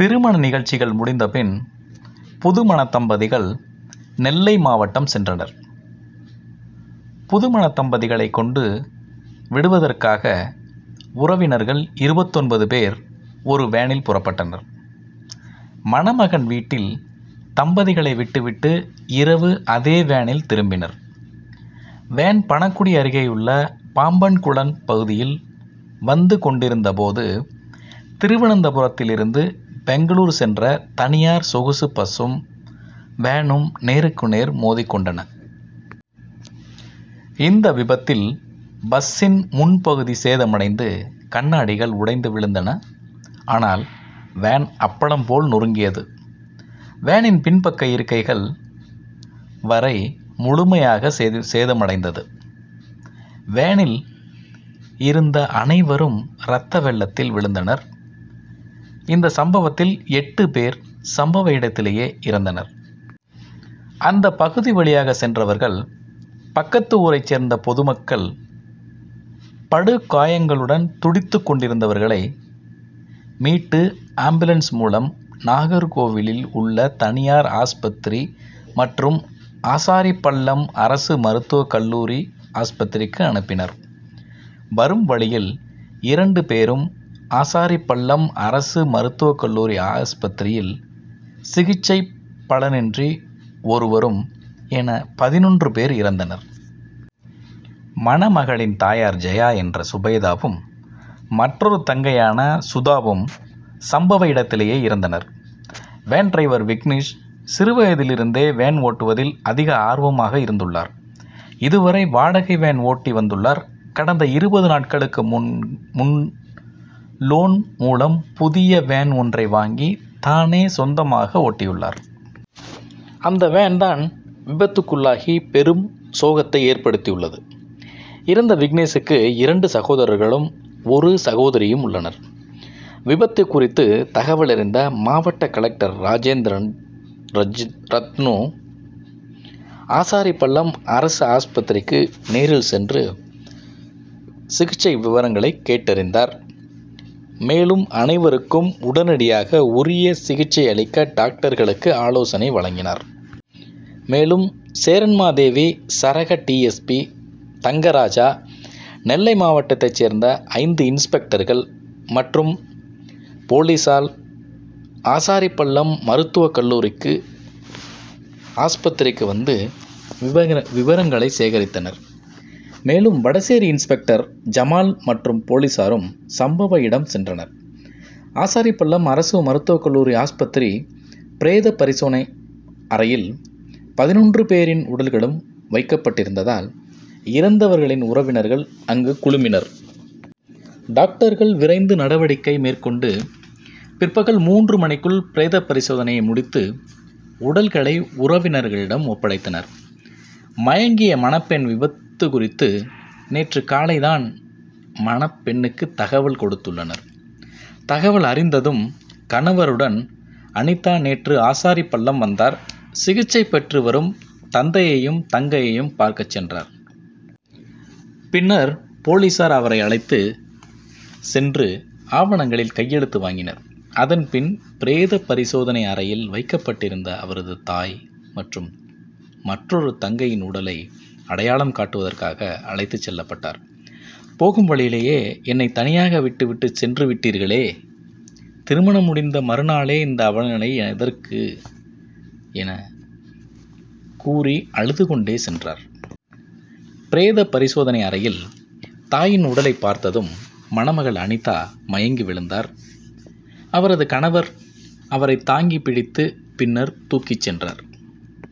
திருமண நிகழ்ச்சிகள் முடிந்த பின் புதுமணத்தம்பதிகள் நெல்லை மாவட்டம் சென்றனர். புதுமணத்தம்பதிகளை கொண்டு விடுவதற்காக உறவினர்கள் இருபத்தொன்பது பேர் ஒரு வேனில் புறப்பட்டனர். மணமகன் வீட்டில் தம்பதிகளை விட்டுவிட்டு இரவு அதே வேனில் திரும்பினர். வேன் பணக்குடி அருகேயுள்ள பாம்பன்குளம் பகுதியில் வந்துக்கொண்டிருந்த போது திருவனந்தபுரத்தில் இருந்து பெங்களூர் சென்ற தனியார் சொகுசு பஸ்சும் வேனும் நேருக்கு நேர் மோதிக்கொண்டன. இந்த விபத்தில் பஸ்சின் முன் பகுதி சேதமடைந்து கண்ணாடிகள் உடைந்து விழுந்தன. ஆனால் வேன் அப்பளம் போல் நொருங்கியது. வேனின் பின் பக்க இருக்கைகள் வரை முழுமையாக சேதமடைந்தது. வேனில் இருந்த அனைவரும் ரத்தவெள்ளத்தில் விழுந்தனர். இந்த சம்பவத்தில் எட்டு பேர் சம்பவ இடத்திலேயே இறந்தனர். அந்த பகுதி வழியாக சென்றவர்கள், பக்கத்து ஊரை சேர்ந்த பொதுமக்கள் படுகாயங்களுடன் துடித்துக்கொண்டிருந்தவர்களை மீட்டு ஆம்புலன்ஸ் மூலம் நாகர்கோவிலில் உள்ள தனியார் ஆஸ்பத்திரி மற்றும் ஆசாரிபள்ளம் அரசு மருத்துவ கல்லூரி ஆஸ்பத்திரிக்கு அனுப்பினர். வரும் வழியில் இரண்டு பேரும், ஆசாரிபள்ளம் அரசு மருத்துவ கல்லூரி ஆஸ்பத்திரியில் சிகிச்சை பலனின்றி ஒருவரும் என பதினொன்று பேர் இறந்தனர். மணகளின் தாயார் ஜெயா என்ற சுபோதவும், மற்றொரு தங்கையான சுதாவும் சம்பவ இடத்திலேயே இறந்தனர். வேன்டிரைவர் விக்னேஷ் சிறுவயதில் இருந்தே வேன் ஓட்டுவதில் அதிக ஆர்வமாக இருந்துள்ளார். இதுவரை வாடகை வேன் ஓட்டி வந்துள்ளார். கடந்த இருபது நாட்களுக்கு முன்லோன் மூலம் புதிய வேன் ஒன்றை வாங்கி தானே சொந்தமாக ஓட்டியுள்ளார். அந்த வேன்தான் விபத்துக்குள்ளாகி பெரும் சோகத்தை ஏற்படுத்தியுள்ளது. இறந்த விக்னேசுக்கு இரண்டு சகோதரர்களும், ஒரு சகோதரியும் உள்ளனர். விபத்து குறித்த தகவல் அறிந்த மாவட்ட கலெக்டர் ராஜேந்திர ரத்னு ஆசாரிபள்ளம் அரசு ஆஸ்பத்திரிக்கு நேரில் சென்று சிகிச்சை விவரங்களை கேட்டறிந்தார். மேலும் அனைவருக்கும் உடனடியாக உரிய சிகிச்சை அளிக்க டாக்டர்களுக்கு ஆலோசனை வழங்கினார். மேலும் சேரன்மாதேவி சரக D. S. P. Thangaraja, Nellai மாவட்டத்தை சேர்ந்த ஐந்து இன்ஸ்பெக்டர்கள் மற்றும் போலீசால் ஆசாரிபள்ளம் மருத்துவ கல்லூரி ஆஸ்பத்திரிக்கு வந்து விவரங்களை சேகரித்தனர். மேலும் வடசேரி இன்ஸ்பெக்டர் ஜமால் மற்றும் போலீசாரும் சம்பவ இடம் சென்றனர். ஆசாரிபள்ளம் அரசு மருத்துவ கல்லூரி ஆஸ்பத்திரி பிரேத பரிசோதனை அறையில் பதினொன்று பேரின் உடல்களும் வைக்கப்பட்டிருந்ததால் இறந்தவர்களின் உறவினர்கள் அங்கு குழுமினர். டாக்டர்கள் விரைந்து நடவடிக்கை மேற்கொண்டு பிற்பகல் மூன்று மணிக்குள் பிரேத பரிசோதனையை முடித்து உடல்களை உறவினர்களிடம் ஒப்படைத்தனர். மயங்கிய மணப்பெண் விபத்து குறித்து நேற்று காலை தான் மணப்பெண்ணுக்கு தகவல் கொடுத்துள்ளனர். தகவல் அறிந்ததும் கணவருடன் அனிதா நேற்று ஆசாரிபள்ளம் வந்தார். சிகிச்சை பெற்றுவரும் தந்தையையும் தங்கையையும் பார்க்க சென்றார். பின்னர் போலீசார் அவரை அழைத்து சென்று ஆவணங்களில் கையெழுத்து வாங்கினர். அதன்பின் பிரேத பரிசோதனை அறையில் வைக்கப்பட்டிருந்த அவரது தாய் மற்றும் மற்றொரு தங்கையின் உடலை அடையாளம் காட்டுவதற்காக அழைத்து செல்லப்பட்டார். போகும் வழியிலேயே என்னை தனியாக விட்டு சென்றுவிட்டீர்களே, திருமணம் முடிந்த மறுநாளே இந்த அவலநிலை எதற்கு என கூறி அழுதுக்கொண்டே சென்றார். பிரேத பரிசோதனை அறையில் தாயின் உடலை பார்த்ததும் மணமகள் அனிதா மயங்கி விழுந்தார். அவரது கணவர் அவரை தாங்கி பிடித்து பின்னர் தூக்கி சென்றார்.